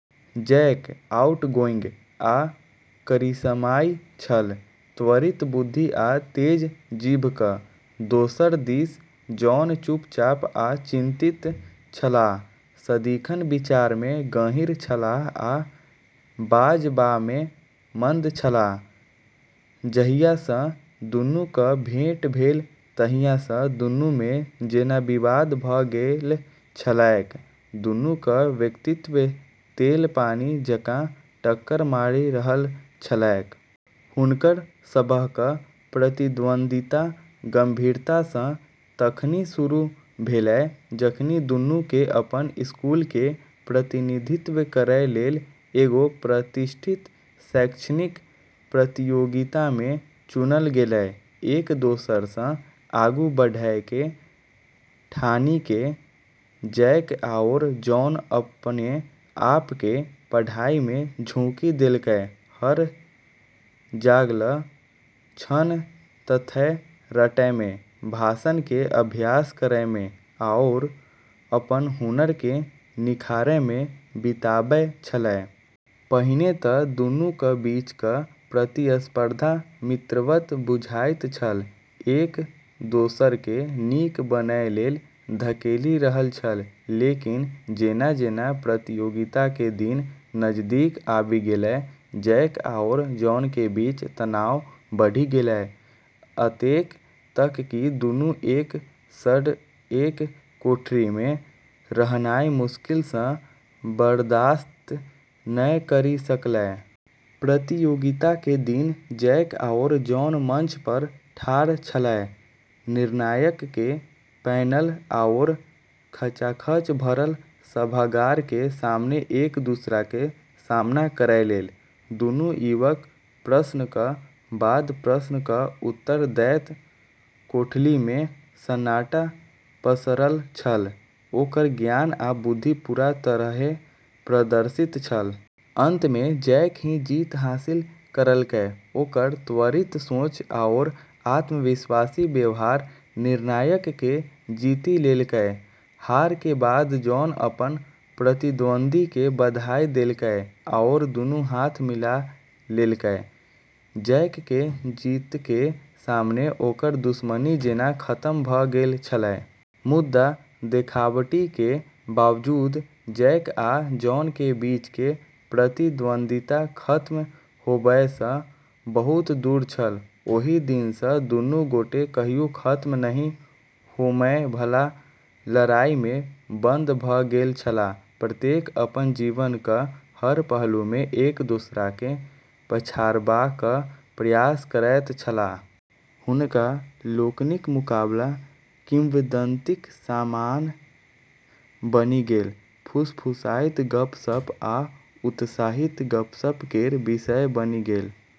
Jack outgoing आ करिश्माई छल, त्वरित बुद्धि आ तेज जीभक। दोसर दिस जॉन चुपचाप आ चिंतित छलाह, सदिखन विचारमे गहीँर छलाह आ बाजबामे मंद छलाह । जहियासँ दुनूक भेँट भेल तहियासँ दुनूमे जेना विवाद भ' गेल छलैक, दुनूक व्यक्तित्व तेल-पानि जकाँ टक्कर मारि रहल छलैक। हुनकर सबहक प्रतिद्वंद्विता गंभीरतासँ तखनि शुरू भेलै जखनि दुन्नुके अपन स्कूलके प्रतिनिधित्व करै लेल एगो प्रतिष्ठित शैक्षणिक प्रतियोगितामे चुनल गेलै। एक-दोसरसँ आगू बढ़ैके ठानिके जैक आओर जॉन अपने आपके पढ़ाइमे झोंकि देलकै, हर जागल क्षण तथ्य रटैमे, भाषणके अभ्यास करैमे आओर अपन हुनरके निखारैमे बिताबै छलै। पहिने त' दुन्नूक बीचक प्रतिस्पर्धा मित्रवत बुझाइत छल, एक-दोसरकेँ नीक बनय लेल धकेलि रहल छल। लेकिन जेना-जेना प्रतियोगिताके दिन नजदीक आबि गेलै, जैक आओर जॉनके बीच तनाव बढ़ि गेलै, अतेक तक कि दुन्नू एक सङ्ग एक कोठरीमे रहनाइ मुश्किलसँ बर्दाश्त नै करि सकलै। प्रतियोगिताके दिन जैक आओर जॉन मंच पर ठार छलै, निर्णायकके पैनल आओर खचाखच भरल सभागारके सामने एक-दूसराके सामना करै लेल । दुन्नू युवक प्रश्नक बाद प्रश्नक उत्तर दैत कोठलीमे सन्नाटा पसरल छल, ओकर ज्ञान आ बुद्धि पूरा तरहेँ प्रदर्शित छल। अंतमे जैक ही जीत हासिल करलकै, ओकर त्वरित सोच आओर आत्मविश्वासी व्यवहार निर्णायकके जीति लेलकै। हारके बाद जॉन अपन प्रतिद्वंदीके बधाई देलकै आओर दुन्नू हाथ मिला लेलकै, जैकके जीतके सामने ओकर दुश्मनी जेना खतम भ' गेल छलै। मुदा देखाबटीके बावजूद जैक आ जॉनके बीचके प्रतिद्वंद्विता खत्म होबयसँ बहुत दूर छल । ओहि दिनसँ दुन्नू गोटे कहियो खत्म नहि होमय बला लड़ाईमे बंद भ' गेल छलाह, प्रत्येक अपन जीवनक हर पहलूमे एक दोसराकेँ पछाड़बाक प्रयास करैत छलाह । हुनका लोकनिक मुकाबला किंवदंतीक सामान बनि गेल, फुसफुसाइत गप्प-सप्प आ उत्साहित गपशप केर विषय बनि गेल।